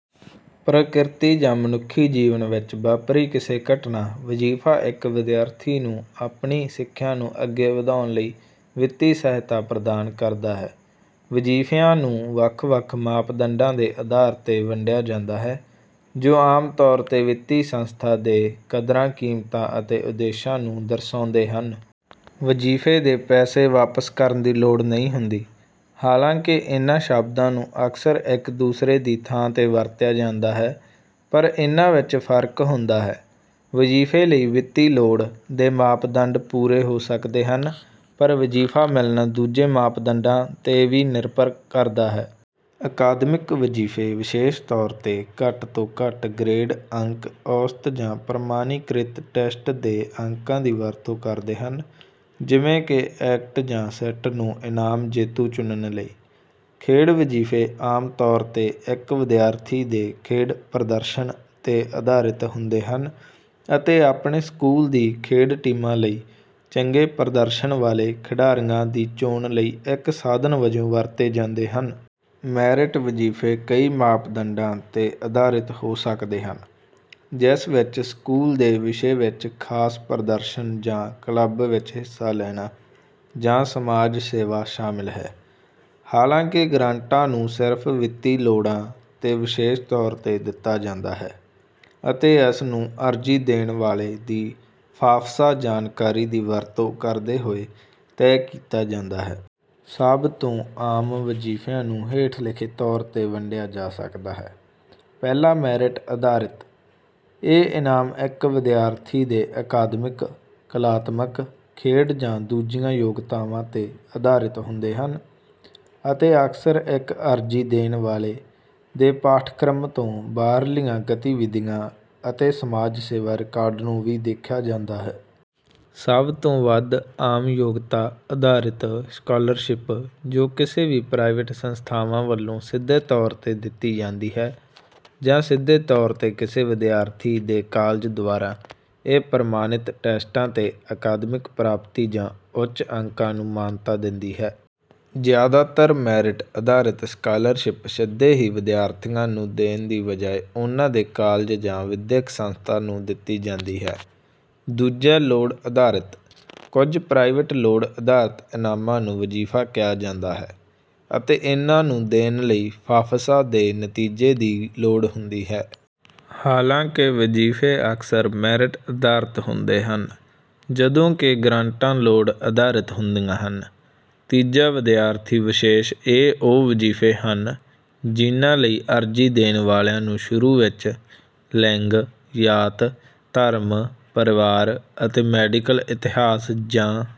ਪ੍ਰਕਿਰਤੀ ਜਾਂ ਮਨੁੱਖੀ ਜੀਵਨ ਵਿੱਚ ਵਾਪਰੀ ਕਿਸੇ ਘਟਨਾ। ਵਜੀਫਾ ਇੱਕ ਵਿਦਿਆਰਥੀ ਨੂੰ ਆਪਣੀ ਸਿੱਖਿਆ ਨੂੰ ਅੱਗੇ ਵਧਾਉਣ ਲਈ ਵਿੱਤੀ ਸਹਾਇਤਾ ਪ੍ਰਦਾਨ ਕਰਦਾ ਹੈ। ਵਜੀਫਿਆਂ ਨੂੰ ਵੱਖ ਵੱਖ ਮਾਪਦੰਡਾਂ ਦੇ ਆਧਾਰ ਤੇ ਵੰਡਿਆ ਜਾਂਦਾ ਹੈ, ਜੋ ਆਮ ਤੌਰ ਤੇ ਵਿੱਤੀ ਸੰਸਥਾ ਦੇ ਕਦਰਾਂ ਕੀਮਤਾਂ ਅਤੇ ਉਦੇਸ਼ਾਂ ਨੂੰ ਦਰਸਾਉਂਦੇ ਹਨ। ਵਜੀਫੇ ਦੇ ਪੈਸੇ ਵਾਪਸ ਕਰਨ ਦੀ ਲੋੜ ਨਹੀਂ ਹੁੰਦੀ। ਹਾਲਾਂਕਿ ਇਨ੍ਹਾਂ ਸ਼ਬਦਾਂ ਨੂੰ ਅਕਸਰ ਇੱਕ ਦੂਸਰੇ ਦੀ ਥਾਂ ਤੇ ਵਰਤਿਆ ਜਾਂਦਾ ਹੈ, ਪਰ ਇਨ੍ਹਾਂ ਵਿੱਚ ਫਰਕ ਹੁੰਦਾ ਹੈ। ਵਜੀਫੇ ਲਈ ਵਿੱਤੀ ਲੋੜ ਦੇ ਮਾਪਦੰਡ ਪੂਰੇ ਹੋ ਸਕਦੇ ਹਨ ਪਰ ਵਜੀਫਾ ਮਿਲਣਾ ਦੂਜੇ ਮਾਪਦੰਡਾਂ ਤੇ ਵੀ ਨਿਰਭਰ ਕਰਦਾ ਹੈ। ਅਕਾਦਮਿਕ ਵਜੀਫੇ ਵਿਸ਼ੇਸ਼ ਤੌਰ ਤੇ ਘੱਟ ਤੋਂ ਘੱਟ ਗਰੇਡ ਅੰਕ ਔਸਤ ਜਾਂ ਪ੍ਰਮਾਣੀਕ੍ਰਿਤ ਟੈਸਟ ਦੇ ਅੰਕਾਂ ਦੀ ਵਰਤੋਂ ਕਰਦੇ ਹਨ ਜਿਵੇਂ ਕਿ ਐਕਟ ਜਾਂ ਸੈਟ ਨੂੰ ਇਨਾਮ ਜੇਤੂ ਚੁਣਨ ਲਈ। ਖੇਡ ਵਜੀਫੇ ਆਮ ਤੌਰ ਤੇ ਇੱਕ ਵਿਦਿਆਰਥੀ ਦੇ ਖੇਡ ਪ੍ਰਦਰਸ਼ਨ ਤੇ ਆਧਾਰਿਤ ਹੁੰਦੇ ਹਨ ਅਤੇ ਆਪਣੇ ਸਕੂਲ ਦੀ ਖੇਡ ਟੀਮਾਂ ਲਈ ਚੰਗੇ ਪ੍ਰਦਰਸ਼ਨ ਵਾਲੇ ਖਿਡਾਰੀਆਂ ਦੀ ਚੋਣ ਲਈ ਇੱਕ ਸਾਧਨ ਵਜੋਂ ਵਰਤੇ ਜਾਂਦੇ ਹਨ। ਮੈਰਿਟ ਵਜੀਫੇ ਕਈ ਮਾਪਦੰਡਾਂ ਤੇ ਆਧਾਰਿਤ ਹੋ ਸਕਦੇ ਹਨ, ਜਿਸ ਵਿੱਚ ਸਕੂਲ ਦੇ ਵਿਸ਼ੇ ਵਿੱਚ ਖਾਸ ਪ੍ਰਦਰਸ਼ਨ ਜਾਂ ਕਲੱਬ ਵਿੱਚ ਹਿੱਸਾ ਲੈਣਾ ਜਾਂ ਸਮਾਜ ਸੇਵਾ ਸ਼ਾਮਿਲ ਹੈ। ਹਾਲਾਂਕਿ, ਗ੍ਰਾਂਟਾਂ ਨੂੰ ਸਿਰਫ ਵਿੱਤੀ ਲੋੜਾਂ ਤੇ ਵਿਸ਼ੇਸ਼ ਤੌਰ ਤੇ ਦਿੱਤਾ ਜਾਂਦਾ ਹੈ ਅਤੇ ਇਸਨੂੰ ਅਰਜ਼ੀ ਦੇਣ ਵਾਲੇ ਦੀ ਫਾਫਸਾ ਜਾਣਕਾਰੀ ਦੀ ਵਰਤੋਂ ਕਰਦੇ ਹੋਏ ਤੈਅ ਕੀਤਾ ਜਾਂਦਾ ਹੈ। ਸਭ ਤੋਂ ਆਮ ਵਜੀਫਿਆਂ ਨੂੰ ਹੇਠ ਲਿਖੇ ਤੌਰ ਤੇ ਵੰਡਿਆ ਜਾ ਸਕਦਾ ਹੈ ਪਹਿਲਾ ਮੈਰਿਟ ਆਧਾਰਿਤ ਇਹ ਇਨਾਮ ਇੱਕ ਵਿਦਿਆਰਥੀ ਦੇ ਅਕਾਦਮਿਕ, ਕਲਾਤਮਕ, ਖੇਡ ਜਾਂ ਦੂਜੀਆਂ ਯੋਗਤਾਵਾਂ ਤੇ ਆਧਾਰਿਤ ਹੁੰਦੇ ਹਨ, ਅਤੇ ਅਕਸਰ ਇੱਕ ਅਰਜ਼ੀ ਦੇਣ ਵਾਲੇ ਦੇ ਪਾਠਕ੍ਰਮ ਤੋਂ ਬਾਹਰਲੀਆਂ ਗਤੀਵਿਧੀਆਂ ਅਤੇ ਸਮਾਜ ਸੇਵਾ ਰਿਕਾਰਡ ਨੂੰ ਵੀ ਦੇਖਿਆ ਜਾਂਦਾ ਹੈ। ਸਭ ਤੋਂ ਵੱਧ ਆਮ ਯੋਗਤਾ-ਆਧਾਰਿਤ ਸਕਾਲਰਸ਼ਿਪ, ਜੋ ਕਿਸੇ ਵੀ ਪ੍ਰਾਈਵੇਟ ਸੰਸਥਾਵਾਂ ਵੱਲੋਂ ਸਿੱਧੇ ਤੌਰ ਤੇ ਦਿੱਤੀ ਜਾਂਦੀ ਹੈ ਜਾਂ ਸਿੱਧੇ ਤੌਰ ਤੇ ਕਿਸੇ ਵਿਦਿਆਰਥੀ ਦੇ ਕਾਲਜ ਦੁਆਰਾ, ਇਹ ਪ੍ਰਮਾਣਿਤ ਟੈਸਟਾਂ ਤੇ ਅਕਾਦਮਿਕ ਪ੍ਰਾਪਤੀ ਜਾਂ ਉੱਚ ਅੰਕਾਂ ਨੂੰ ਮਾਨਤਾ ਦਿੰਦੀ ਹੈ। ਜ਼ਿਆਦਾਤਰ ਮੈਰਿਟ-ਆਧਾਰਿਤ ਸਕਾਲਰਸ਼ਿਪ ਸਿੱਧੇ ਹੀ ਵਿਦਿਆਰਥੀਆਂ ਨੂੰ ਦੇਣ ਦੀ ਬਜਾਏ ਉਨ੍ਹਾਂ ਦੇ ਕਾਲਜ ਜਾਂ ਵਿਦਿਅਕ ਸੰਸਥਾ ਨੂੰ ਦਿੱਤੀ ਜਾਂਦੀ ਹੈ। ਦੂਜਾ ਲੋੜ-ਆਧਾਰਿਤ: ਕੁਝ ਪ੍ਰਾਈਵੇਟ ਲੋੜ ਆਧਾਰਿਤ ਇਨਾਮਾਂ ਨੂੰ ਵਜੀਫਾ ਕਿਹਾ ਜਾਂਦਾ ਹੈ, ਅਤੇ ਇਹਨਾਂ ਨੂੰ ਦੇਣ ਲਈ ਫਾਫਸਾ ਦੇ ਨਤੀਜੇ ਦੀ ਲੋੜ ਹੁੰਦੀ ਹੈ। ਹਾਲਾਂਕਿ, ਵਜੀਫੇ ਅਕਸਰ ਮੈਰਿਟ ਆਧਾਰਿਤ ਹੁੰਦੇ ਹਨ, ਜਦੋਂ ਕਿ ਗ੍ਰਾਂਟਾਂ ਲੋੜ ਆਧਾਰਿਤ ਹੁੰਦੀਆਂ ਹਨ। ਤੀਜਾ ਵਿਦਿਆਰਥੀ-ਵਿਸ਼ੇਸ਼ ਇਹ ਉਹ ਵਜੀਫੇ ਹਨ ਜਿਨ੍ਹਾਂ ਲਈ ਅਰਜ਼ੀ ਦੇਣ ਵਾਲਿਆਂ ਨੂੰ ਸ਼ੁਰੂ ਵਿੱਚ ਲਿੰਗ, ਜਾਤ, ਧਰਮ, ਪਰਿਵਾਰ ਅਤੇ ਮੈਡੀਕਲ ਇਤਿਹਾਸ, ਜਾਂ